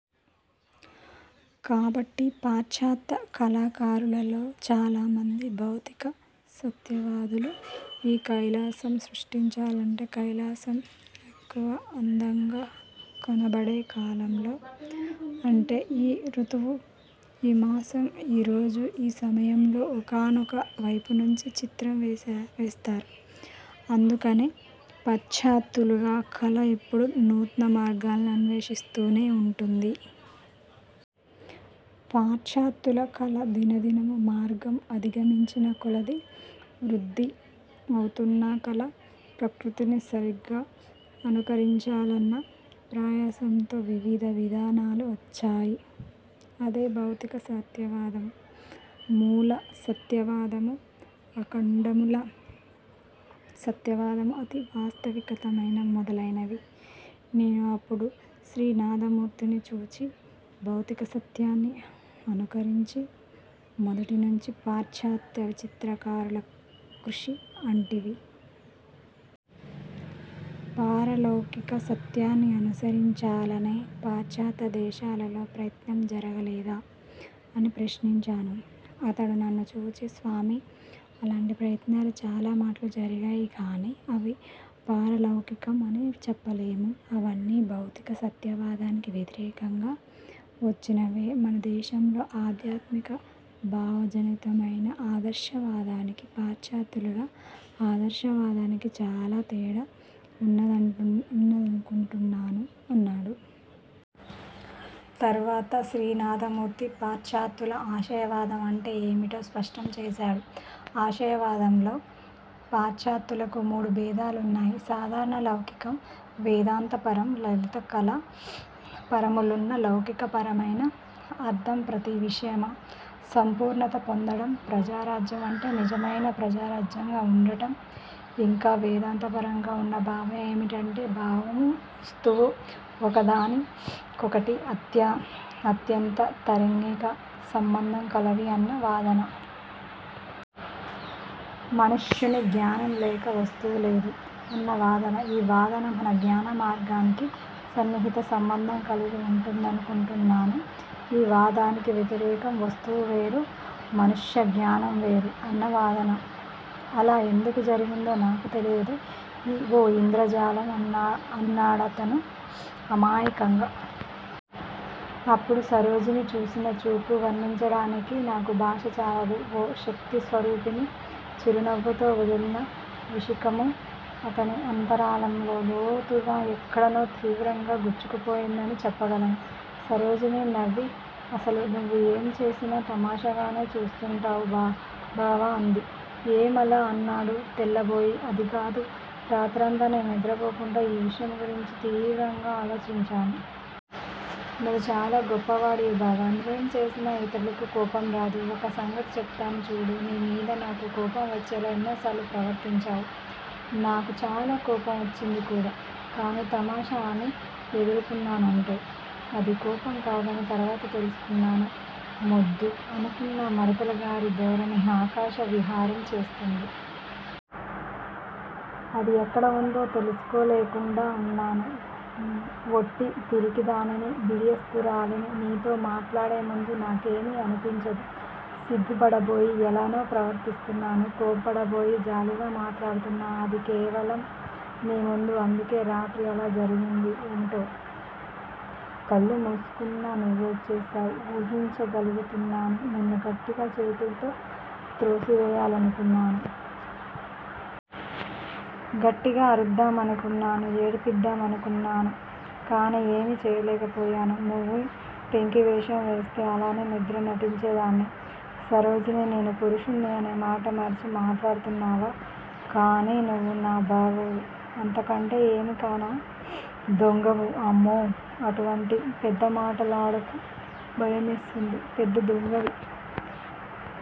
కాబట్టి పాశ్చాత్య కళాకారులలో చాలామంది భౌతిక సత్యవాదులు. ఈ కైలాసం సృష్టించాలంటే, కైలాసం ఎక్కువ అందంగా కనబడేకాలంలో అంటే ఈ రుతువు, ఈ మాసం, ఈ రోజు ఈ సమయంలో ఒకానొక వైపునుంచి చిత్రం వేస్తారు. అందుకనే పాశ్చాత్యుల కళ ఎప్పుడూ నూత్న మార్గాలు అన్వేషిస్తూనే ఉంటుంది. పాశ్చాత్యుల కళ దినదినమూ, మార్గం అధిగమించిన కొలదీ, వృద్ది అవుతూన్న కళ. ప్రకృతిని సరిగా అనుకరించాలన్న ప్రయాసతో వివిధ విధానాలు వచ్చాయి. అదే భౌతిక సత్యవాదము. మూల సత్యవాదము, అఖండమూల సత్యవాదము, అతి వాస్తవికతమొదలైనవి. నేను అప్పుడు శ్రీనాథమూర్తిని చూచి, '' భౌతికసత్యాన్ని అనుకరించడమే మొదటినుంచీ పాశ్చాత్య చిత్రకారుల కృషి అంటివి. పారలౌకిక సత్యాన్ని అనుసరించాలని పాశ్చాత్యాదేశాల్లో ప్రయత్నం జరగలేదా? ''అని ప్రశ్నించాను. అతడు నన్ను చూచి ''స్వామీ, అలాంటి ప్రయత్నాలు చాలా మాట్లు జరిగాయి. గాని అవి పారలౌకికం అని చెప్పలేము. అవన్నీ భౌతిక సత్యవాదానికి వ్యతిరేకంగా వచ్చినవే. మన దేశంలోని ఆధ్యాత్మిక భావజనితమైన ఆదర్శ వాదానికీ, పాశ్చాత్యుల ఆదర్శ వాదానికీ చాలా తేడా ఉందనుకుంటాను'' అన్నాడు. తర్వాత శ్రీనాథమూర్తి పాశ్చాత్యుల ఆశయవాదం అంటే ఏమిటో స్పష్టం చేశాడు. '' ఆశయవాదంలో పాశ్చాత్యులకు మూడు భేదాలున్నాయి సాదారణ లౌకికం, వేదాంతపరం, లలితకళా పరమున్నూ. లౌకికపరమైన అర్ధం ప్రతి విషయమూ సంపూర్ణత పొందడం, ప్రజారాజ్యం అంటే నిజమైన ప్రజారాజ్యంగా ఉండడం. ఇంక వేదాంతపరంగా ఉన్న భావం ఏమిటంటే, భావమూ, వస్తువూ ఒకదాని కొకటి అత్యంతాంతరింగిక సంబంధం కలవి అన్న వాదన. మనుష్యుని జ్ఞానం లేక వస్తువు లేదు అన్న వాదన. ఈ వాదన మన జ్ఞాన మార్గానికి సన్నిహిత సంబంధం కలిగి ఉంటుందనుకుంటాను. ఈ వాదానికి వ్యతిరేకం వస్తువు వేరు, మనుష్య జ్ఞానం వేరు అన్న వాదన. అలా ఎందుకు జరిగిందో నాకు తెలియదు. ఓ ఇంద్రజాలం అన్నాడతను అమాయకంగా. అప్పుడు సరోజిని చూసిన చూపు వర్ణించడానికి నాకు భాష చాలదు. ఓ శక్తిస్వరూపిణి చిరునవ్వుతో వదిలిన విశిఖము అతని అంతరాళంలో లోతుగా ఎక్కడనో తీవ్రంగా గుచ్చుకుపోయిందని చెప్పగలను. సరోజిని నవ్వి అసలు నువ్వు ఏంచేసినా తమాషాగానే చేస్తుంటావు బావా అంది. ఏమలా? అన్నాడు తెల్లబోయి. అదికాదు రాత్రంతా నేను నిద్రపోకుండా ఈ విషయంగురించి తీవ్రంగా ఆలోచించాను. నువ్వు చాలా గొప్పవాడివి బావా. నువ్వేం చేసినా ఇతరులకు కోపంరాదు. ఒక సంగతి చెబుతాను చూడు, నీమీద నాకు కోపం వచ్చేలా ఎన్నోసార్లు ప్రవర్తించావు. నాకు చాలా కోపంవచ్చింది కూడా. కానీ తమాషా అని ఎందుకన్నానంటే అది కోపంకాదని తరువాత తెలుసుకున్నాను. మొద్దు అనుకున్న మరదలుగారి ధోరణి ఆకాశవిహారం చేస్తోంది. అది ఎక్కడవుందో తెలుసుకోలేకుండా ఉన్నాను ఒట్టి పిరికిధానని బిడియస్తురాలిని. నీతో మాట్లాడేముందు నాకేమీ అనిపించదు. సిగ్గుపడబోయి, ఎలానో ప్రవర్తిస్తున్నాను. కోప్పడబోయి జాలిగా మాట్లాడతాను. అది కేవలం నీ ముందే అందుకే రాత్రి అలా జరిగింది. ఏమిటో? కళ్ళు మూసుకున్నా నువ్వేంచేసేదీ ఊహించ గలుగుతున్నాను. నిన్ను గట్టిగా చేతులతో త్రోసివేయాలనుకున్నాను. గట్టిగా అరుద్ద్డామనుకున్నాను. ఏడిపిద్దామనుకున్నాను. కానీ ఏమీ చేయలేకపోయాను. నువ్వు పెంకివేషం వేస్తే అలానే నిద్ర నటించేదాన్ని! సరోజినీ! నేను పురుషుడ్ని అనే మాట మరిచి మాట్లాడుతున్నావా? కానీ నువ్వు నా బావవు. అంతకంటే ఏమీ కానా. దొంగవు అమ్మో! అటువంటి పెద్దమాటలాడకు, భయమేస్తుంది. పెద్ద దొంగవి.